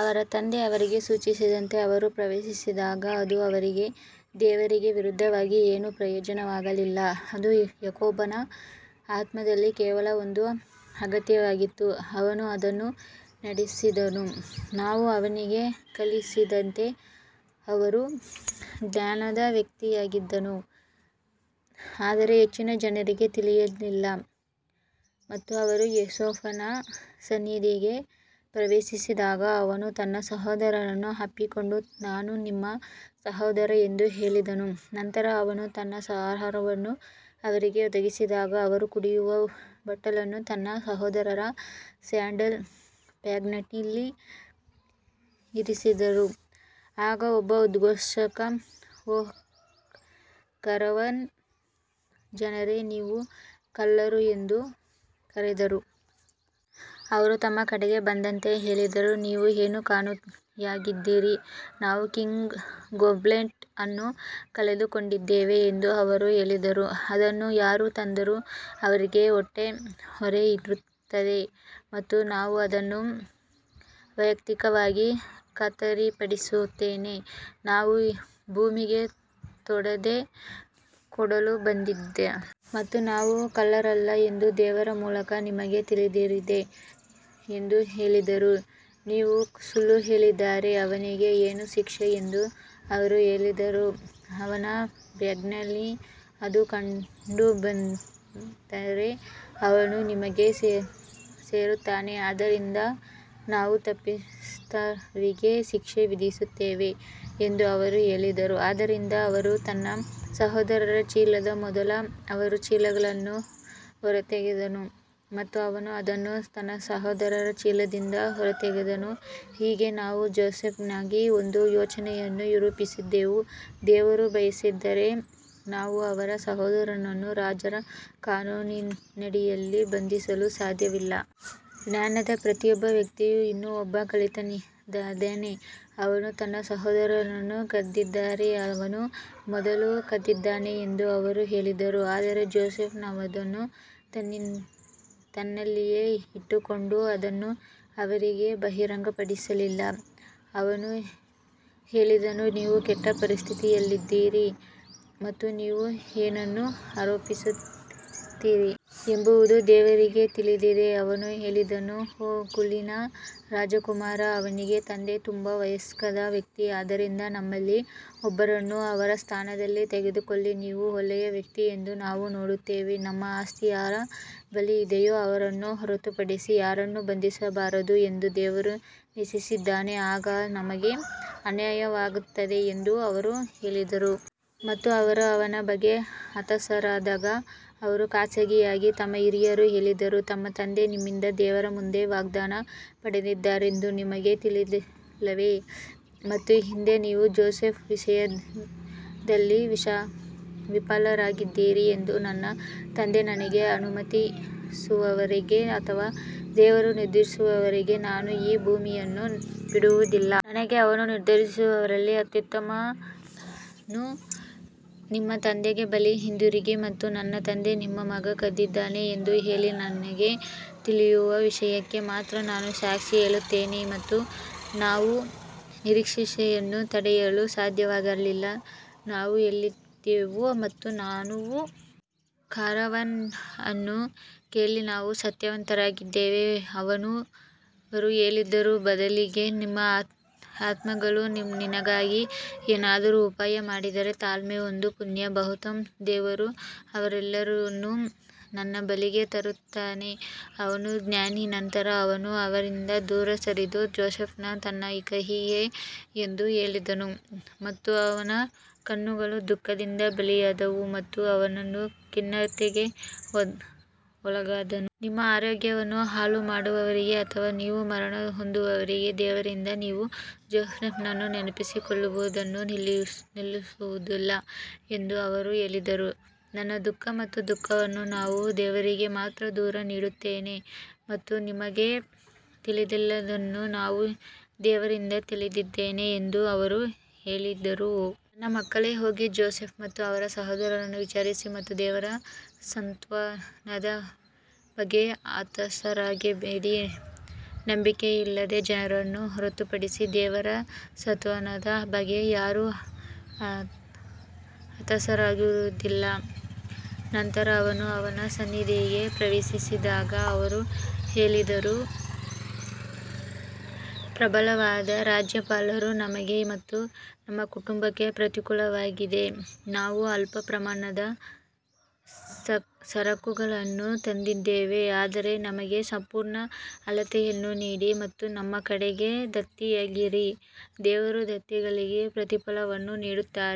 ಅವರ ತಂದೆ ಅವರಿಗೆ ಸೂಚಿಸಿದಂತೆ ಅವರು ಪ್ರವೇಶಿಸಿದಾಗ ಅದು ಅವರಿಗೆ ದೇವರಿಗೆ ವಿರುದ್ಧವಾಗಿ ಏನೂ ಪ್ರಯೋಜನವಾಗಲಿಲ್ಲ, ಅದು ಯಾಕೋಬನ ಆತ್ಮದಲ್ಲಿ ಕೇವಲ ಒಂದು ಅಗತ್ಯವಾಗಿತ್ತು, ಅವನು ಅದನ್ನು ನಡೆಸಿದನು ನಾವು ಅವನಿಗೆ ಕಲಿಸಿದಂತೆ ಅವರು ಜ್ಞಾನದ ವ್ಯಕ್ತಿಯಾಗಿದ್ದರು ಆದರೆ ಹೆಚ್ಚಿನ ಜನರಿಗೆ ತಿಳಿದಿಲ್ಲ. ಮತ್ತು ಅವರು ಯೋಸೇಫನ ಸನ್ನಿಧಿಗೆ ಪ್ರವೇಶಿಸಿದಾಗ ಅವನು ತನ್ನ ಸಹೋದರನನ್ನು ಅಪ್ಪಿಕೊಂಡು ನಾನು ನಿಮ್ಮ ಸಹೋದರ ಎಂದು ಹೇಳಿದನು ನಂತರ ಅವರು ತಮ್ಮ ಆಹಾರವನ್ನು ಅವರಿಗೆ ಒದಗಿಸಿದಾಗ ಅವರು ಕುಡಿಯುವ ಬಟ್ಟಲನ್ನು ತಮ್ಮ ಸಹೋದರರ ಸ್ಯಾಡಲ್ ಬ್ಯಾಗ್ನಲ್ಲಿ ಇರಿಸಿದರು ಆಗ ಒಬ್ಬ ಉದ್ಘೋಷಕ ಓ ಕಾರವಾನ್ ಜನರೇ ನೀವು ಕಳ್ಳರು ಎಂದು ಕರೆದರು. ಅವರು ತಮ್ಮ ಕಡೆಗೆ ಬಂದಂತೆ ಹೇಳಿದರು, ನೀವು ಏನು ಕಾಣೆಯಾಗಿದ್ದೀರಿ ನಾವು ಕಿಂಗ್ಸ್ ಗೋಬ್ಲೆಟ್ ಅನ್ನು ಕಳೆದುಕೊಂಡಿದ್ದೇವೆ ಎಂದು ಅವರು ಹೇಳಿದರು, ಅದನ್ನು ಯಾರು ತಂದರೂ ಅವರಿಗೆ ಒಂಟೆ ಹೊರೆ ಇರುತ್ತದೆ ಮತ್ತು ನಾನು ಅದನ್ನು ವೈಯಕ್ತಿಕವಾಗಿ ಖಾತರಿಪಡಿಸುತ್ತೇನೆ ನಾವು ಭೂಮಿಗೆ ತೊಂದರೆ ಕೊಡಲು ಬಂದಿಲ್ಲ ಮತ್ತು ನಾವು ಕಳ್ಳರಲ್ಲ ಎಂದು ದೇವರ ಮೂಲಕ ನಿಮಗೆ ತಿಳಿದಿದೆ ಎಂದು ಹೇಳಿದರು ನೀನು ಸುಳ್ಳು ಹೇಳಿದರೆ ಅವನಿಗೆ ಏನು ಶಿಕ್ಷೆ ಎಂದು ಅವರು ಹೇಳಿದರು ಅವನ ಬ್ಯಾಗ್ನಲ್ಲಿ ಅದು ಕಂಡುಬಂದರೆ ಅವನು ನಿಮಗೆ ಸೇರುತ್ತಾನೆ ಆದ್ದರಿಂದ ನಾವು ತಪ್ಪಿತಸ್ಥರಿಗೆ ಶಿಕ್ಷೆ ವಿಧಿಸುತ್ತೇವೆ ಎಂದು ಅವರು ಹೇಳಿದರು ಆದ್ದರಿಂದ ಅವನು ತನ್ನ ಸಹೋದರರ ಚೀಲದ ಮೊದಲು ಅವರ ಚೀಲಗಳನ್ನು ಹೊರತೆಗೆದನು ಮತ್ತು ಅವನು ಅದನ್ನು ತನ್ನ ಸಹೋದರರ ಚೀಲದಿಂದ ಹೊರತೆಗೆದನು, ಹೀಗೆ ನಾವು ಜೋಸೆಫ್ಗಾಗಿ ಒಂದು ಯೋಜನೆಯನ್ನು ರೂಪಿಸಿದೆವು, ದೇವರು ಬಯಸದಿದ್ದರೆ ನಾವು ಅವನ ಸಹೋದರನನ್ನು ರಾಜರ ಕಾನೂನಿನಡಿಯಲ್ಲಿ ಬಂಧಿಸಲು ಸಾಧ್ಯವಿಲ್ಲ. ಜ್ಞಾನದ ಪ್ರತಿಯೊಬ್ಬ ವ್ಯಕ್ತಿಯು ಇನ್ನೂ ಒಬ್ಬ ಕಲಿತಿದ್ದಾನೆ ಅವನು ತನ್ನ ಸಹೋದರನನ್ನು ಕದ್ದಿದ್ದರೆ ಅವನು ಮೊದಲು ಕದ್ದಿದ್ದಾನೆ ಎಂದು ಅವರು ಹೇಳಿದರು ಆದರೆ ಜೋಸೆಫ್ ಅದನ್ನು ತನ್ನಲ್ಲಿಯೇ ಇಟ್ಟುಕೊಂಡು ಅದನ್ನು ಅವರಿಗೆ ಬಹಿರಂಗಪಡಿಸಲಿಲ್ಲ ಅವನು ಹೇಳಿದನು ನೀವು ಕೆಟ್ಟ ಪರಿಸ್ಥಿತಿಯಲ್ಲಿದ್ದೀರಿ ಮತ್ತು ನೀವು ಏನನ್ನು ಆರೋಪಿಸುತ್ತೀರಿ ಎಂಬುದು ದೇವರಿಗೆ ತಿಳಿದಿದೆ ಅವರು ಹೇಳಿದರು ಓ ಕುಲೀನ ರಾಜಕುಮಾರ ಅವನಿಗೆ ತಂದೆ ತುಂಬಾ ವಯಸ್ಸಾದ ವ್ಯಕ್ತಿ, ಆದ್ದರಿಂದ ನಮ್ಮಲ್ಲಿ ಒಬ್ಬನನ್ನು ಅವನ ಸ್ಥಾನದಲ್ಲಿ ತೆಗೆದುಕೊಳ್ಳಿ ನೀನು ಒಳ್ಳೆಯ ವ್ಯಕ್ತಿ ಎಂದು ನಾವು ನೋಡುತ್ತೇವೆ ನಮ್ಮ ಆಸ್ತಿ ಯಾರ ಬಳಿ ಇದೆಯೋ ಅವರನ್ನು ಹೊರತುಪಡಿಸಿ ಯಾರನ್ನೂ ಬಂಧಿಸಬಾರದು ಎಂದು ದೇವರು ನಿಷೇಧಿಸಿದ್ದಾನೆ, ಆಗ ನಮಗೆ ಅನ್ಯಾಯವಾಗುತ್ತದೆ ಎಂದು ಅವರು ಹೇಳಿದರು. ಮತ್ತು ಅವರು ಅವನ ಬಗ್ಗೆ ಹತಾಶರಾದಾಗ ಅವರು ಖಾಸಗಿಯಾಗಿ ತಮ್ಮ ಹಿರಿಯರು ಹೇಳಿದರು, ನಿಮ್ಮ ತಂದೆ ನಿಮ್ಮಿಂದ ದೇವರ ಮುಂದೆ ವಾಗ್ದಾನ ಪಡೆದಿದ್ದಾರೆಂದು ನಿಮಗೆ ತಿಳಿದಿಲ್ಲವೇ ಮತ್ತು ಹಿಂದೆ ನೀವು ಜೋಸೆಫ್ ವಿಷಯದಲ್ಲಿ ವಿಫಲರಾಗಿದ್ದೀರಿ ಎಂದು ನನ್ನ ತಂದೆ ನನಗೆ ಅನುಮತಿಸುವವರೆಗೆ ಅಥವಾ ದೇವರು ನಿರ್ಧರಿಸುವವರೆಗೆ ನಾನು ಈ ಭೂಮಿಯನ್ನು ಬಿಡುವುದಿಲ್ಲ. ನನಗೆ ಅವನು ನಿರ್ಧರಿಸುವವರಲ್ಲಿ ಅತ್ಯುತ್ತಮನು ನಿಮ್ಮ ತಂದೆಯ ಬಳಿಗೆ ಹಿಂತಿರುಗಿ ಮತ್ತು ನಮ್ಮ ತಂದೆ ನಿಮ್ಮ ಮಗ ಕದ್ದಿದ್ದಾನೆ ಎಂದು ಹೇಳಿ, ನಮಗೆ ತಿಳಿದಿರುವ ವಿಷಯಕ್ಕೆ ಮಾತ್ರ ನಾವು ಸಾಕ್ಷಿ ಹೇಳುತ್ತೇವೆ ಮತ್ತು ನಾವು ಅನಿರೀಕ್ಷಿತತೆಯನ್ನು ತಡೆಯಲು ಸಾಧ್ಯವಾಗಲಿಲ್ಲ. ನಾವು ಎಲ್ಲಿದ್ದೆವು ಮತ್ತು ನಾವು ಬಂದ ಕಾರವಾನ್ ಅನ್ನು ಕೇಳಿ ನಾವು ಸತ್ಯವಂತರಾಗಿದ್ದೇವೆ ಅವರು ಹೇಳಿದರು ಬದಲಿಗೆ ನಿಮ್ಮ ಆತ್ಮಗಳು ನಿನಗಾಗಿ ಏನಾದರೂ ಉಪಾಯ ಮಾಡಿದೆ ತಾಳ್ಮೆ ಒಂದು ಪುಣ್ಯ ಬಹುಶಃ ದೇವರು ಅವರೆಲ್ಲರನ್ನೂ ನನ್ನ ಬಳಿಗೆ ತರುತ್ತಾನೆ ಅವನು ಜ್ಞಾನಿ ನಂತರ ಅವನು ಅವರಿಂದ ದೂರ ಸರಿದು ಜೋಸೆಫ್ಗೆ ನನ್ನ ಕಹಿಯೇ ಎಂದು ಹೇಳಿದನು ಮತ್ತು ಅವನ ಕಣ್ಣುಗಳು ದುಃಖದಿಂದ ಬಿಳಿಯಾದವು ಮತ್ತು ಅವನು ಖಿನ್ನತೆಗೆ ಒಳಗಾದನು. ನಿಮ್ಮ ಆರೋಗ್ಯವನ್ನು ಹಾಳುಮಾಡುವವರೆಗೆ ಅಥವಾ ನೀವು ಮರಣಹೊಂದುವವರೆಗೆ ದೇವರಿಂದ ನೀವು ಜೋಸೆಫ್ನನ್ನು ನೆನಪಿಸಿಕೊಳ್ಳುವುದನ್ನು ನಿಲ್ಲಿಸುವುದಿಲ್ಲ ಎಂದು ಅವರು ಹೇಳಿದರು ನನ್ನ ದುಃಖ ಮತ್ತು ದುಃಖವನ್ನು ನಾನು ದೇವರಿಗೆ ಮಾತ್ರ ದೂರು ನೀಡುತ್ತೇನೆ ಮತ್ತು ನಿಮಗೆ ತಿಳಿದಿಲ್ಲದ್ದನ್ನು ನಾನು ದೇವರಿಂದ ತಿಳಿದಿದ್ದೇನೆ ಎಂದು ಅವರು ಹೇಳಿದರು ಓ ನನ್ನ ಮಕ್ಕಳೇ ಹೋಗಿ ಜೋಸೆಫ್ ಮತ್ತು ಅವನ ಸಹೋದರನನ್ನು ವಿಚಾರಿಸಿ ಮತ್ತು ದೇವರ ಸಾಂತ್ವನದ ಬಗ್ಗೆ ಹತಾಶರಾಗಬೇಡಿ, ನಂಬಿಕೆಯಿಲ್ಲದ ಜನರನ್ನು ಹೊರತುಪಡಿಸಿ ದೇವರ ಸಾಂತ್ವನದ ಬಗ್ಗೆ ಯಾರೂ ಹತಾಶರಾಗುವುದಿಲ್ಲ ನಂತರ ಅವರು ಅವನ ಸನ್ನಿಧಿಗೆ ಪ್ರವೇಶಿಸಿದಾಗ ಅವರು ಹೇಳಿದರು ಪ್ರಬಲವಾದ ರಾಜ್ಯಪಾಲರು ನಮಗೆ ಮತ್ತು ನಮ್ಮ ಕುಟುಂಬಕ್ಕೆ ಪ್ರತಿಕೂಲವಾಗಿದೆ ನಾವು ಅಲ್ಪ ಪ್ರಮಾಣದ ಸರಕುಗಳನ್ನು ತಂದಿದ್ದೇವೆ ಆದರೆ ನಮಗೆ ಸಂಪೂರ್ಣ ಅಳತೆಯನ್ನು ನೀಡಿ ಮತ್ತು ನಮ್ಮ ಕಡೆಗೆ ದತ್ತಿಯಾಗಿರಿ ದೇವರು ದತ್ತಿಗಳಿಗೆ ಪ್ರತಿಫಲವನ್ನು ನೀಡುತ್ತಾನೆ.